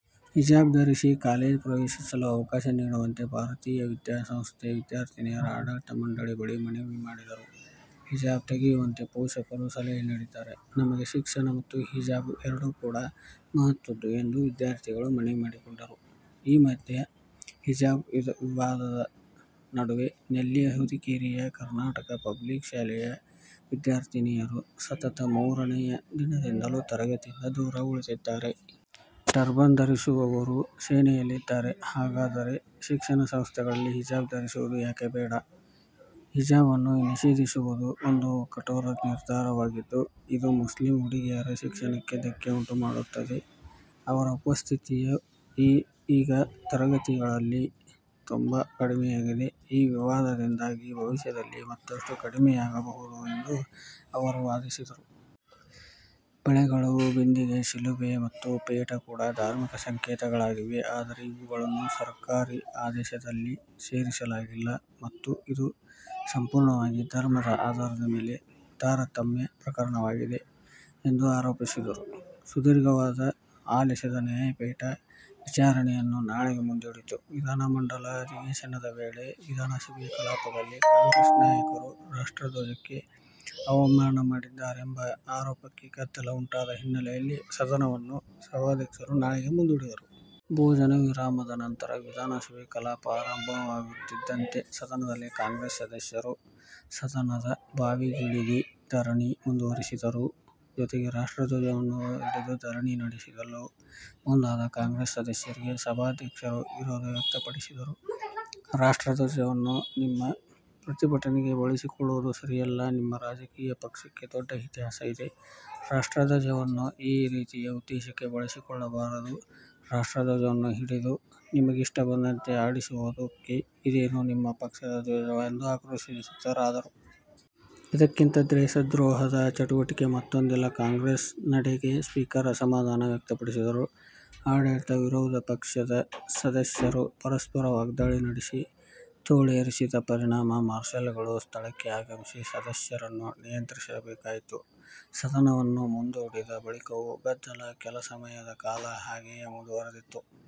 ಹಿಜಾಬ್ ಧರಿಸಿ ಕಾಲೇಜ್ ಪ್ರವೇಶಿಸಲು ಅವಕಾಶ ನೀಡುವಂತೆ ಭಾರತೀಯ ವಿದ್ಯಾಸಂಸ್ಥೆ ವಿದ್ಯಾರ್ಥಿನಿಯರು ಆಡಳಿತ ಮಂಡಳಿ ಬಳಿ ಮನವಿ ಮಾಡಿದರು. ಹಿಜಾಬ್ ತೆಗೆಯದಂತೆ ಪೋಷಕರು ಸಲಹೆ ನೀಡಿದ್ದಾರೆ. ನಮಗೆ ಶಿಕ್ಷಣ ಮತ್ತು ಹಿಜಾಬ್ ಎರಡು ಕೂಡಾ ಮಹತ್ವದ್ದು ಎಂದು ವಿದ್ಯಾರ್ಥಿಗಳು ಮನವಿ ಮಾಡಿಕೊಂಡರು. ಈ ಮಧ್ಯೆ ಹಿಜಾಬ್ ವಿವಾದದ ನಡುವೆ ನೆಲ್ಲಿಹುದಿಕೇರಿಯ ಕರ್ನಾಟಕ ಪಬ್ಲಿಕ್ ಶಾಲೆಯ ವಿದ್ಯಾರ್ಥಿನಿಯರು ಸತತ ಮೂರನೇ ದಿನದಿಂದಲೂ ತರಗತಿಯಿಂದ ದೂರ ಉಳಿದಿದ್ದಾರೆ. ಟರ್ಬನ್ ಧರಿಸುವವರು ಸೇನೆಯಲ್ಲಿದ್ದಾರೆ, ಹಾಗಾದರೆ ಶಿಕ್ಷಣ ಸಂಸ್ಥೆಗಳಲ್ಲಿ ಹಿಜಾಬ್ ಧರಿಸುವುದು ಯಾಕೆ ಬೇಡ? ಹಿಜಾಬ್ ಅನ್ನು ನಿಷೇಧಿಸುವುದು ಒಂದು ಕಠೋರ ನಿರ್ಧಾರವಾಗಿದ್ದು, ಇದು ಮುಸ್ಲಿಂ ಹುಡುಗಿಯರ ಶಿಕ್ಷಣಕ್ಕೆ ಧಕ್ಕೆ ಉಂಟು ಮಾಡುತ್ತದೆ. ಅವರ ಉಪಸ್ಥಿತಿಯು ಈಗ ತರಗತಿಗಳಲ್ಲಿ ತುಂಬಾ ಕಡಿಮೆಯಾಗಿದೆ. ಈ ವಿವಾದದಿಂದಾಗಿ ಭವಿಷ್ಯದಲ್ಲಿ ಮತ್ತಷ್ಟು ಕಡಿಮೆಯಾಗಬಹುದು ಎಂದು ಅವರು ವಾದಿಸಿದರು. ಬಳೆಗಳು, ಬಿಂದಿಗೆ, ಶಿಲುಬೆ ಮತ್ತು ಪೇಟ ಕೂಡ ಧಾರ್ಮಿಕ ಸಂಕೇತಗಳಾಗಿವೆ. ಆದರೆ ಇವುಗಳನ್ನು ಸರ್ಕಾರಿ ಆದೇಶದಲ್ಲಿ ಸೇರಿಸಲಾಗಿಲ್ಲ ಮತ್ತು ಇದು ಸಂಪೂರ್ಣವಾಗಿ ಧರ್ಮದ ಆಧಾರದ ಮೇಲೆ ತಾರತಮ್ಯ ಪ್ರಕರಣವಾಗಿದೆ ಎಂದು ಆರೋಪಿಸಿದರು. ಸುದೀರ್ಘ ವಾದ ಆಲಿಸಿದ ನ್ಯಾಯಪೀಠ ವಿಚಾರಣೆಯನ್ನು ನಾಳೆಗೆ ಮುಂದೂಡಿತು. ವಿಧಾನಮಂಡಲ ಅಧಿವೇಶನದ ವೇಳೆ ವಿಧಾನಸಭೆ ಕಲಾಪದಲ್ಲಿ ಕಾಂಗ್ರೆಸ್ ನಾಯಕರು ರಾಷ್ಟ್ರ ಧ್ವಜಕ್ಕೆ ಅವಮಾನ ಮಾಡಿದ್ದಾರೆಂಬ ಆರೋಪಕ್ಕೆ ಗದ್ದಲ ಉಂಟಾದ ಹಿನ್ನೆಲೆಯಲ್ಲಿ ಸದನವನ್ನು ಸಭಾಧ್ಯಕ್ಷರು ನಾಳೆಗೆ ಮುಂದೂಡಿದರು. ಭೋಜನ ವಿರಾಮದ ನಂತರ ವಿಧಾನಸಭೆ ಕಲಾಪ ಆರಂಭವಾಗುತ್ತಿದ್ದಂತೆ ಸದನದಲ್ಲಿ ಕಾಂಗ್ರೆಸ್ ಸದಸ್ಯರು ಸದನದ ಬಾವಿಗಿಳಿದಿ ಧರಣಿ ಮುಂದುವರೆಸಿದರು. ಜೊತೆಗೆ ರಾಷ್ಟ್ರಧ್ವಜವನ್ನ ಹಿಡಿದು ಧರಣಿನಡೆಸಲು ಮುಂದಾದ ಕಾಂಗ್ರೆಸ್ ಸದಸ್ಯರಿಗೆ ಸಭಾಧ್ಯಕ್ಷರು ವಿರೋಧ ವ್ಯಕ್ತಪಡಿಸಿದರು, ರಾಷ್ಟ್ರ ಧ್ವಜವನ್ನ ನಿಮ್ಮ ಪ್ರತಿಭಟನೆಗೆ ಬಳಸಿಕೊಳ್ಳುವುದು ಸರಿಯಲ್ಲ, ನಿಮ್ಮರಾಜಕೀಯ ಪಕ್ಷಕ್ಕೆ ದೊಡ್ಡ ಇತಿಹಾಸ ಇದೆ, ರಾಷ್ಟ್ರ ಧ್ವಜವನ್ನ ಈ ರೀತಿಯ ಉದ್ದೇಶಕ್ಕೆ ಬಳಸಿಕೊಳ್ಳಬಾರದು, ರಾಷ್ರ್ಟಧ್ವಜವನ್ನ ಹಿಡಿದು ನಿಮಗಿಷ್ಟಬಂದಂತೆ ಆಡಿಸುವುದಕ್ಕೆ ಇದೇನು ನಿಮ್ಮ ಪಕ್ಷದ ಧ್ವಜವಾ ಎಂದು ಆಕ್ರೋಶಿತರಾದರು. ಇದಕ್ಕಿಂತ ದೇಶದ್ರೋಹದ ಚಟುವಟಿಕೆ ಮತ್ತೊಂದಿಲ್ಲ ಕಾಂಗ್ರೆಸ್ ನಡೆಗೆ ಸ್ಪೀಕರ್ ಅಸಮಾಧಾನ ವ್ಯಕ್ತಪಡಿಸಿದರು. ಆಡಳಿತ-ವಿರೋಧ ಪಕ್ಷದ ಸದಸ್ಯರು ಪರಸ್ಪರ ವಾಗ್ದಾಳಿ ನಡೆಸಿ, ತೋಳೇರಿಸಿದ ಪರಿಣಾಮ ಮಾರ್ಷಲ್ ಗಳು ಸ್ಥಳಕ್ಕೆ ಆಗಮಿಸಿ ಸದಸ್ಯರನ್ನು ನಿಯಂತ್ರಿಸಬೇಕಾಯಿತು. ಸದನವನ್ನು ಮುಂದೂಡಿದ ಬಳಿಕವೂ ಗದ್ದಲ ಕೆಲ ಸಮಯದ ಕಾಲ ಹಾಗೆಯೇ ಮುಂದುವರೆದಿತ್ತು.